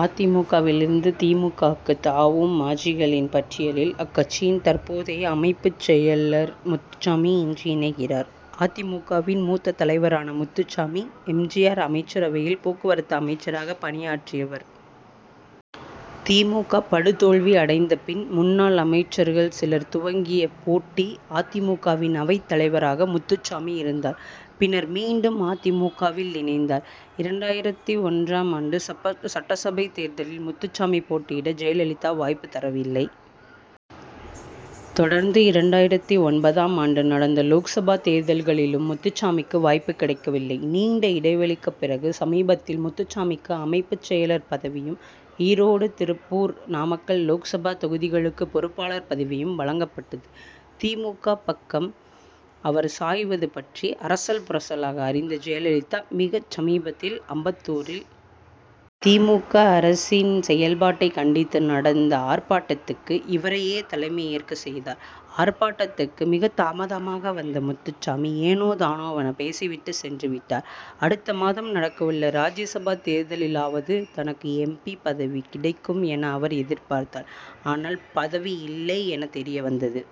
அ. தி. மு. க.,வில் இருந்து தி. மு. க.,வுக்குத் தாவும் மாஜிக்களின் பட்டியலில், அக்கட்சியின் தற்போதைய அமைப்புச் செயலர் முத்துசாமி இன்று இணைகிறார். அ. தி. மு. க.,வின் மூத்த தலைவரான முத்துசாமி, எம். ஜி. ஆர்., அமைச்சரவையில் போக்குவரத்து அமைச்சராக பணியாற்றியவர். தி. மு. க. படுதோல்வி அடைந்த பின், முன்னாள் அமைச்சர்கள் சிலர் துவக்கிய போட்டி அ. தி. மு. க.வின் அவைத் தலைவராகவும் முத்துசாமி இருந்தார். பின்னர், மீண்டும் அ. தி. மு. க.,வில் இணைந்தார். இரண்டாயிரத்து ஒன்றாம் ஆண்டு சட்டசபை தேர்தலில் முத்துசாமி போட்டியிட ஜெயலலிதா வாய்ப்பு தரவில்லை. தொடர்ந்து, இரண்டாயிரத்து ஒன்பதாம் ஆண்டு நடந்த லோக்சபா தேர்தல்களிலும் முத்துசாமிக்கு வாய்ப்பு கிடைக்கவில்லை. நீண்ட இடைவெளிக்குப் பிறகு, சமீபத்தில் முத்துசாமிக்கு அமைப்புச் செயலர் பதவியும், ஈரோடு, திருப்பூர், நாமக்கல் லோக்சபா தொகுதிகளுக்கு பொறுப்பாளர் பதவியும் வழங்கப்பட்டது. தி. மு. க., பக்கம் அவர் சாய்வது பற்றி அரசல் புரசலாக அறிந்த ஜெயலலிதா, மிகச் சமீபத்தில் அம்பத்தூரில் தி. மு. க., அரசின் செயல்பாட்டைக் கண்டித்து நடந்த ஆர்ப்பாட்டத்துக்கு, இவரையே தலைமையேற்கச் செய்தார். ஆர்ப்பாட்டத்துக்கு மிகத் தாமதமாக வந்த முத்துசாமி, ஏனோதானோவென பேசிவிட்டுச் சென்றுவிட்டார். அடுத்த மாதம் நடக்கவுள்ள ராஜ்யசபா தேர்தலிலாவது தனக்கு எம். பி., பதவி கிடைக்கும் என அவர் எதிர்பார்த்தார். ஆனால், பதவி இல்லை என தெரியவந்தது.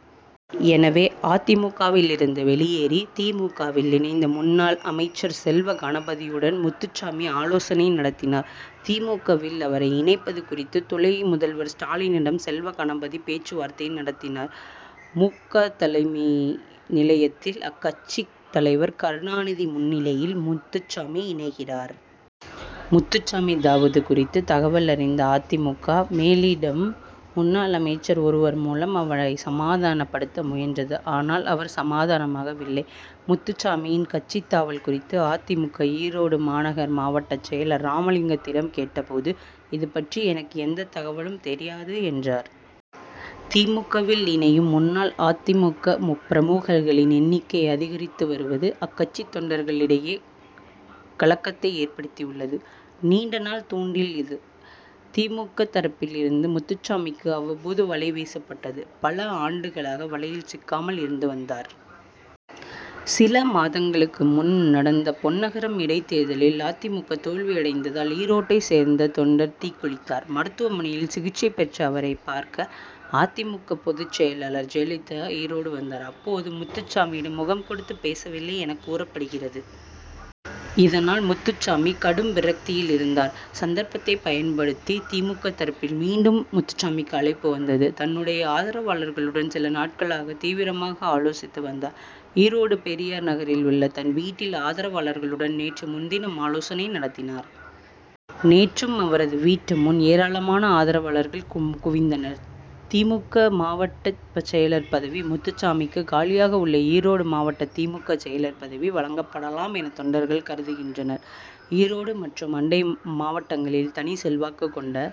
எனவே, அ. தி. மு. க.,விலிருந்து வெளியேறி தி. மு. க.,வில் இணைந்த முன்னாள் அமைச்சர் செல்வகணபதியுடன் முத்துசாமி ஆலோசனை நடத்தினார். தி. மு. க.,வில் அவரை இணைப்பது குறித்து துணை முதல்வர் ஸ்டாலினுடன் செல்வகணபதி பேச்சுவார்த்தை நடத்தினார். மு. க., தலைமை நிலையத்தில், அக்கட்சித் தலைவர் கருணாநிதி முன்னிலையில் முத்துசாமி இணைகிறார். முத்துசாமி தாவுவது குறித்து தகவல் அறிந்த அ. தி. மு. க., மேலிடம், முன்னாள் அமைச்சர் ஒருவர் மூலம் அவரை சமாதானப்படுத்த முயன்றது. ஆனால், அவர் சமாதானமாக வில்லை. முத்துசாமியின் கட்சித் தாவல் குறித்து அ. தி. மு. க., ஈரோடு மாநகர் மாவட்டச் செயலர் ராமலிங்கத்திடம் கேட்டபோது, இது பற்றி எனக்கு எந்தத் தகவலும் தெரியாது, என்றார். தி. மு. க.,வில் இணையும் முன்னாள் அ. தி. மு. க., பிரமுகர்களின் எண்ணிக்கை அதிகரித்து வருவது, அக்கட்சித் தொண்டர்கள் இடையே கலக்கத்தை ஏற்படுத்தி உள்ளது. நீண்டநாள் தூண்டில் இது:தி. மு. க., தரப்பில் இருந்து முத்துசாமிக்கு அவ்வவ்போது வலை வீசப்பட்டது. பல ஆண்டுகளாக வலையில் சிக்காமல் இருந்து வந்தார். சில மாதங்களுக்கு முன் நடந்த பொன்னாகரம் இடைத்தேர்தலில் அ. தி. மு. க., தோல்வியடைந்ததால், ஈரோட்டைச் சேர்ந்த தொண்டர் தீக்குளித்தார். மருத்துவமனையில் சிகிச்சை பெற்ற அவரைப் பார்க்க அ. தி. மு. க., பொதுச் செயலர் ஜெயலலிதா ஈரோடு வந்தார். அப்போது முத்துசாமியிடம் முகம் கொடுத்து பேசவில்லை எனக் கூறப்படுகிறது. இதனால், முத்துசாமி கடும் விரக்தியில் இருந்தார். சந்தர்ப்பத்தை பயன்படுத்தி தி. மு. க., தரப்பில் மீண்டும் முத்துசாமிக்கு அழைப்பு வந்தது. தன்னுடைய ஆதரவாளர்களுடன் சில நாட்களாக தீவிரமாக ஆலோசித்து வந்தார். ஈரோடு பெரியார் நகரில் உள்ள தன் வீட்டில் ஆதரவாளர்களுடன் நேற்று முன்தினம் ஆலோசனை நடத்தினார். நேற்றும் அவரது வீட்டு முன் ஏராளமான ஆதரவாளர்கள் குவிந்தனர். தி. மு. க., மாவட்ட செயலர் பதவி?:முத்துசாமிக்கு, காலியாக உள்ள ஈரோடு மாவட்ட தி. மு. க., செயலர் பதவி வழங்கப்படலாம் என தொண்டர்கள் கருதுகின்றனர். ஈரோடு மற்றும் அண்டை மாவட்டங்களில் தனி செல்வாக்கு கொண்ட